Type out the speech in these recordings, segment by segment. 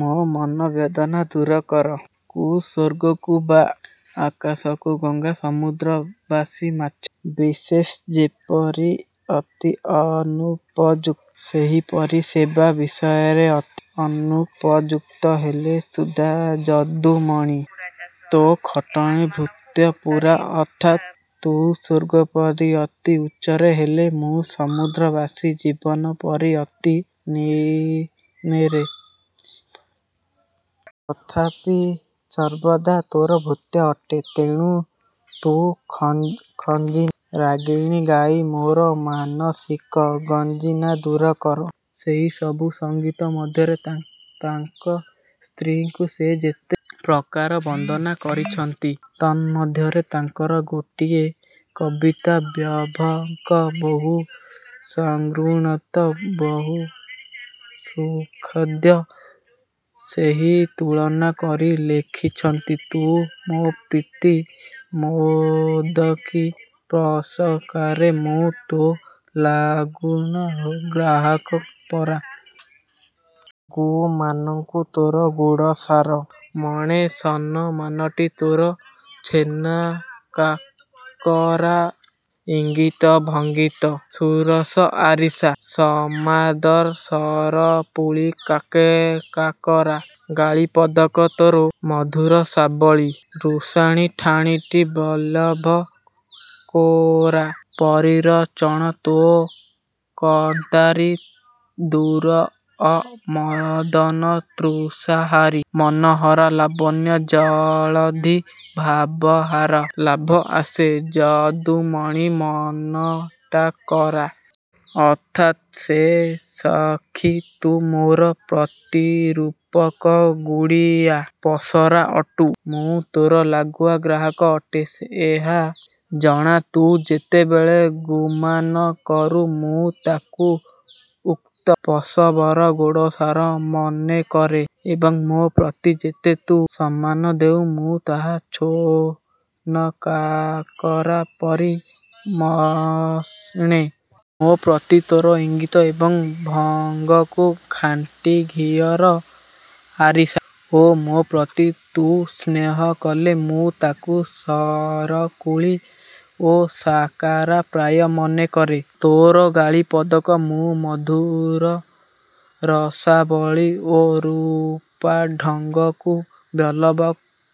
ମୋ ମନୋବେଦନା ଦୂରକର। 'ଖ' କୁ-ସ୍ୱର୍ଗକୁ-ବା ଆକାଶକୁ, ଗଙ୍ଗା-ସମୁଦ୍ରବାସୀ ମାଛ ବିଶେଷ ଯେପରି ଅତି ଅନୁପଯୁକ୍ତ, ସେହିପରି ସେବା ବିଷୟରେ ଅତି ଅନୁପଯୁକ୍ତ ହେଲେ ସୁଦ୍ଧା ଯଦୁମଣି ତୋ ଖଟଣୀ-ଭୃତ୍ୟ ପରା? ଅର୍ଥାତ ତୁ ସ୍ୱର୍ଗପରି ଅତି ଉଚ୍ଚରେ ହେଲେ ମୁଁ ସମୁଦ୍ରବାସୀ ଜୀବପରି ଅତି ନିମ୍ନରେ। ତଥାପି ସର୍ବଦା ତୋର ଭୃତ୍ୟ ଅଟେ। ତେଣୁ ତୁ ଖଞ୍ଜନା ରାଗିଣୀ ଗାଇ ମୋର ମାନସିକ ଗଞ୍ଜନା ଦୂରକର। ଏହିସବୁ ସଙ୍ଗୀତ ମଧ୍ୟରେ ତାଙ୍କ ସ୍ତ୍ରୀଙ୍କୁ ସେ ଯେତେ ପ୍ରକାର ବନ୍ଦନା କରିଛନ୍ତି, ତନ୍ମଧ୍ୟରେ ତାଙ୍କର ଗୋଟିଏ କବିତାରେ ଭର୍ଯ୍ୟାଙ୍କ ବହୁ ସଦ୍ଗୁଣକୁ ବହୁ ସୁଖାଦ୍ୟ ସହିତ ତୁଳନା କରି ଲେଖିଛନ୍ତ ତୁ ମୋ ପ୍ରୀତି ମୋଦକୀ ପସରାରେ ମୁଁ ତୋ ଲାଗୁଆ ଗ୍ରାହକ ପରା। ଗୁମାନକୁ ତୋର ଗୁଡ଼ସାର ମଣେ ସନମାନଟି ତୋ ଛେନା କାକରା। ଇଙ୍ଗିତ ଭଙ୍ଗିତୋ ସୁରସ ଆରିସା ସମାଦର ସରପୁଳି କାକରା। ଗାଳି ପଦକ ତୋ ମଧୁରସାବଳୀ ରୁଷାଣି ଠାଣିଟି ବଲ୍ଲଭ କୋରା। ପରିରମ୍ଭଣ ତୋ କନ୍ତାରି ଦୋରୁଅ ମଦନ ତୃଷାହାରୀ ମନୋହରା। ଲାବଣ୍ୟ ଜଳଧି ଭାବହାବ ଲାଭ ଆଶେ ଯଦୁମଣି ମନଟାକରା। ଅର୍ଥାତ୍-ହେ ସଖି! ତୁ ମୋର ପ୍ରୀତିରୂପକ ଗୁଡ଼ିଆ ପସରା ଅଟୁ। ମୁଁ ତୋର ଲାଗୁଆ ଗ୍ରାହକ ଅଟେ-ଏହା ଜାଣ। ତୁ ଯେତେବେଳ ଗୁମାନ କରୁ ମୁଁ ତାକୁ ଉକ୍ତ ପସବର ଗଡ଼ସାର ମନେକରେ। ଏବଂ ମୋ ପ୍ରତି ଯେତେ ତୁ ସମ୍ମାନ ଦେଉ ମୁଁ ତାହା ଛୋନକାକରା ପରି ମଣେ। ମୋ ପ୍ରତି ତୋର ଇଙ୍ଗିତ ଏବଂ ଭଙ୍ଗକୁ ଖାଣ୍ଟିଘିଅର ଆରିସା ଓ ମୋ ପ୍ରତି ତୁ ସ୍ନେହକଲେ ମୁଁ ତାକୁ ସରପୁଳି ଓ ସାକରା ପ୍ରାୟ ମନେକରେ। ତୋର ଗାଳି−ପଦକ ମୁଁ ମଧୁ ରସାବଳୀ ଓ ରୁଷାଢଙ୍ଗକୁ ବଲ୍ଲଭ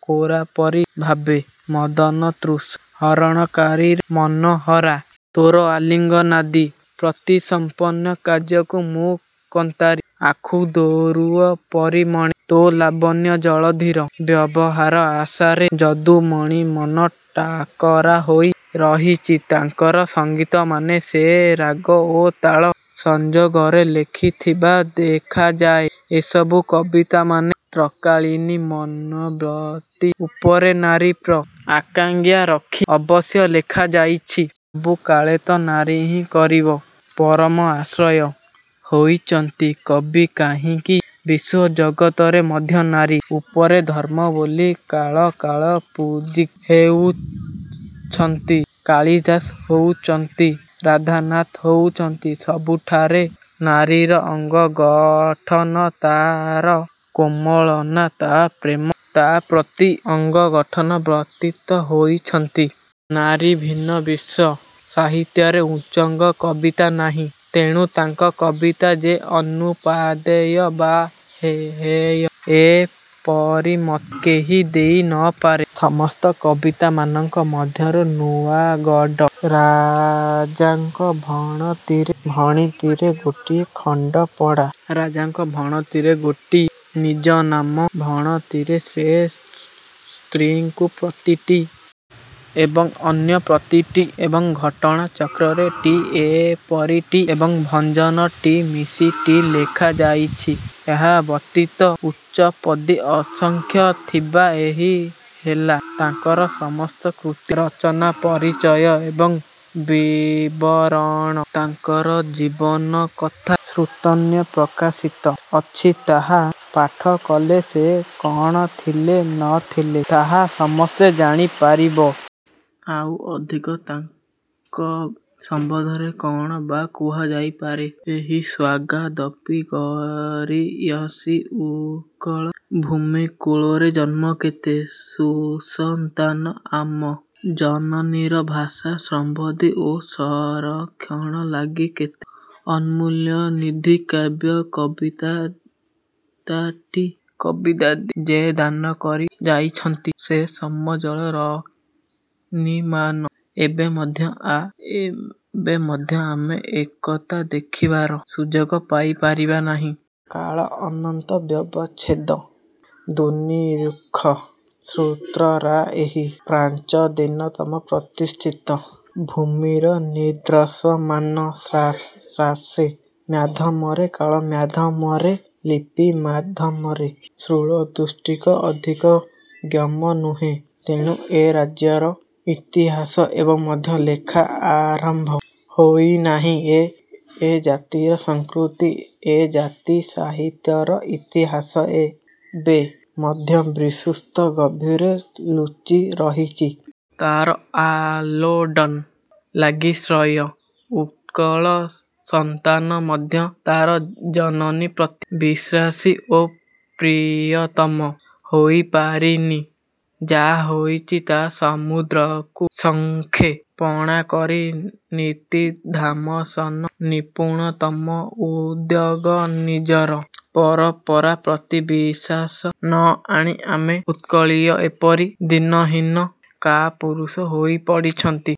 କୋରା ପରି ଭାବେ। ମଦନତୃଷା ହରଣକାରିରେ ମନୋହରା! ତୋର ଆଲିଙ୍ଗନାଦି ପ୍ରୀତିସଂପନ୍ନ କାର୍ଯ୍ୟକୁ ମୁଁ କନ୍ତାରି ଆଖୁଦୋରୁଅ ପରି ମଣେ। ତୋ ଲାବଣ୍ୟ ଜଳଧିର ଭାବହାବ ଆଶାରେ ଯଦୁବଣି ମନ ଟାକରା ହୋଇ ରହିଛି। ତାଙ୍କର ସଂଗୀତମାନ ସେ ରାଗ ଓ ତାଳ ସଂଯୋଗରେ ଲେଖି ଥିବାର ଦେଖାଯାଏ। ଏସବୁ କବିତାମାନ ତତ୍କାଳୀନ ମନୋବୃତ୍ତି ଉପରେ ନାରୀପ୍ରତି ଆକାଙ୍କ୍ଷା ରଖି ଅବଶ୍ୟ ଲେଖାଯାଇଛି। ସବୁକାଳେତ ନାରୀହିଁ କବିର ପରମ ଆଶ୍ରୟ ହୋଇଛନ୍ତି। କବି କାହିଁକି ବିଶ୍ୱଜଗତରେ ମଧ୍ୟ ନାରୀ ପରମ ଧର୍ମ୍ମ ବୋଲି କାଳ କାଳ ପୂଜିତ ହେଉଛନ୍ତି। କାଳୀଦାସ ହୁଅନ୍ତୁ, ରାଧାନାଥ ହୁଅନ୍ତୁ, ସବୁଠାରେ ନାରୀର ଅଙ୍ଗଗଠନ, ତାର କୋମଳନା, ତାର ପ୍ରେମ, ତା ପ୍ରତି ଆକାଙ୍କ୍ଷା ବର୍ଣ୍ଣିତ ହୋଇଅଛି। ନାରୀଭିନ୍ନ ବିଶ୍ୱ−ସାହିତ୍ୟରେ ଉଚ୍ଚଙ୍ଗ କବିତା ନାହିଁ। ତେଣୁ ତାଙ୍କ କବିତା ଯେ ଅନୁପାଦେୟ ବା ହେୟ ଏପରି ମତ କେହି ଦେଇ ନ ପାରେ। ସମସ୍ତ କବିତାମାନଙ୍କ ମଧ୍ୟରୁ ନୂଆଁଗଡ଼ ରାଜାଙ୍କ ଭଣତିରେ ଗୋଟି, ଖଣ୍ଡପଡ଼ା ରାଜାଙ୍କ ଭଣତିରେ ଗୋଟି, ନିଜନାମ ଭଣତିରେ ସ୍ୱ ସ୍ତ୍ରୀଙ୍କ ପ୍ରତି ଟି। ଏବଂ ଅନ୍ୟପ୍ରତି ଟି ଏବଂ ଘଟଣା ଚକ୍ରରେ ଟି ଏପରି ଟି ଏବଂ ଭଜନ ଟି ମିଶି ଟି ଲେଖାଯାଇଛି। ଏହା ବ୍ୟତୀତ ଚଉପଦୀ ଅସଂଖ୍ୟ ଥିବ। ଏହି ହେଲା ତାଙ୍କର ସମସ୍ତକୃତୀ ରଚନାର ପରିଚୟ ଏବଂ ବିବରଣ। ତାଙ୍କର ଜୀବନ କଥା ସ୍ୱତନ୍ତ୍ର ପ୍ରକାଶିତ ଅଛି, ତାହା ପାଠକଲେ ସେ କଣ ଥିଲେ, ନ ଥିଲେ ତାହା ସମସ୍ତେ ଜାଣିପାରିବେ। ଆଉ ଅଧିକ ତାଙ୍କ ସମ୍ବନ୍ଧରେ କଣ ବା କୁହାଯାଇପାରେ? ଏହି ସ୍ୱର୍ଗାଦପି ଗରୀୟସୀ ଉତ୍କଳ ଭୂମି କୋଳରେ ଜନ୍ମି କେତେ ସୁସନ୍ତାନ ଆମ ଜନନୀର ଭାଷା ସମୃଦ୍ଧି ଓ ସଂରକ୍ଷଣ ଲାଗି କେତେ ଅମୂଲ୍ୟନିଧି କାବ୍ୟ କବିତାଦି ଯେ ଦାନକରି ଯାଇଛନ୍ତି, ସେ ସମୂଜ୍ଜ୍ୱଳ ରତ୍ନମାନ ଏବେ ମଧ୍ୟ ଆମେ ଏକତ୍ର ଦେଖିବାର ସୁଯୋଗ ପାଇପାରି ନାହୁଁ। କାଳ ଅନନ୍ତ, ବ୍ୟବଚ୍ଛେଦ ଦୁର୍ନିରୀକ୍ଷ; ସୁତରାଂ ଏହି ପ୍ରାଚୀନତମ ପ୍ରତିଷ୍ଠିତ ଭୂମିର ନିଦର୍ଶନମାନ ଶାସ୍ତ୍ର ମାଧ୍ୟମରେ, କଳା ମାଧ୍ୟମରେ, ଲିପି ମାଧ୍ୟମରେ ସ୍ଥୂଳଦୃଷ୍ଟିର ଅଧିଗମ୍ୟ ନୁହେଁ। ତେଣୁ ଏ ରାଜ୍ୟର ଇତିହାସ ଏବେ ମଧ୍ୟ ଲେଖା ଆରମ୍ଭ ହୋଇନାହିଁ। ଏ ଜାତିର ସଂସ୍କୃତି, ଏ ଜାତି ସାହିତ୍ୟର ଇତିହାସ ଏବେ ମଧ୍ୟ ବିସ୍କୃତଗର୍ଭରେ ଲୁଚି ରହିଛି। ତାର ଆଲୋଡ଼ନ ଲାଗି ସ୍ୱୟଂ ଉତ୍କଳ ସନ୍ତାନ ମଧ୍ୟ ତାର ଜନନୀ ପ୍ରତି ବିଶ୍ୱାସୀ ଓ ପ୍ରୀୟତମ ହୋଇପାରିନି। ଯାହା ହୋଇଚି ତା ସମୁଦ୍ରକୁ ଶଙ୍ଖେ ପଣା ପରି। ନିଦିଧ୍ୟାସନ, ନିପୁଣତମ ଉଦ୍ଯୋଗ, ନିଜର ପରଂପରା ପ୍ରତି ବିଶ୍ୱାସ ନ ଆଣି ଆମେ ଉତ୍କଳୀୟ ଏପରି ଦୀନହୀନ କାପୁରୁଷ ହୋଇପଡ଼ିଛୁ।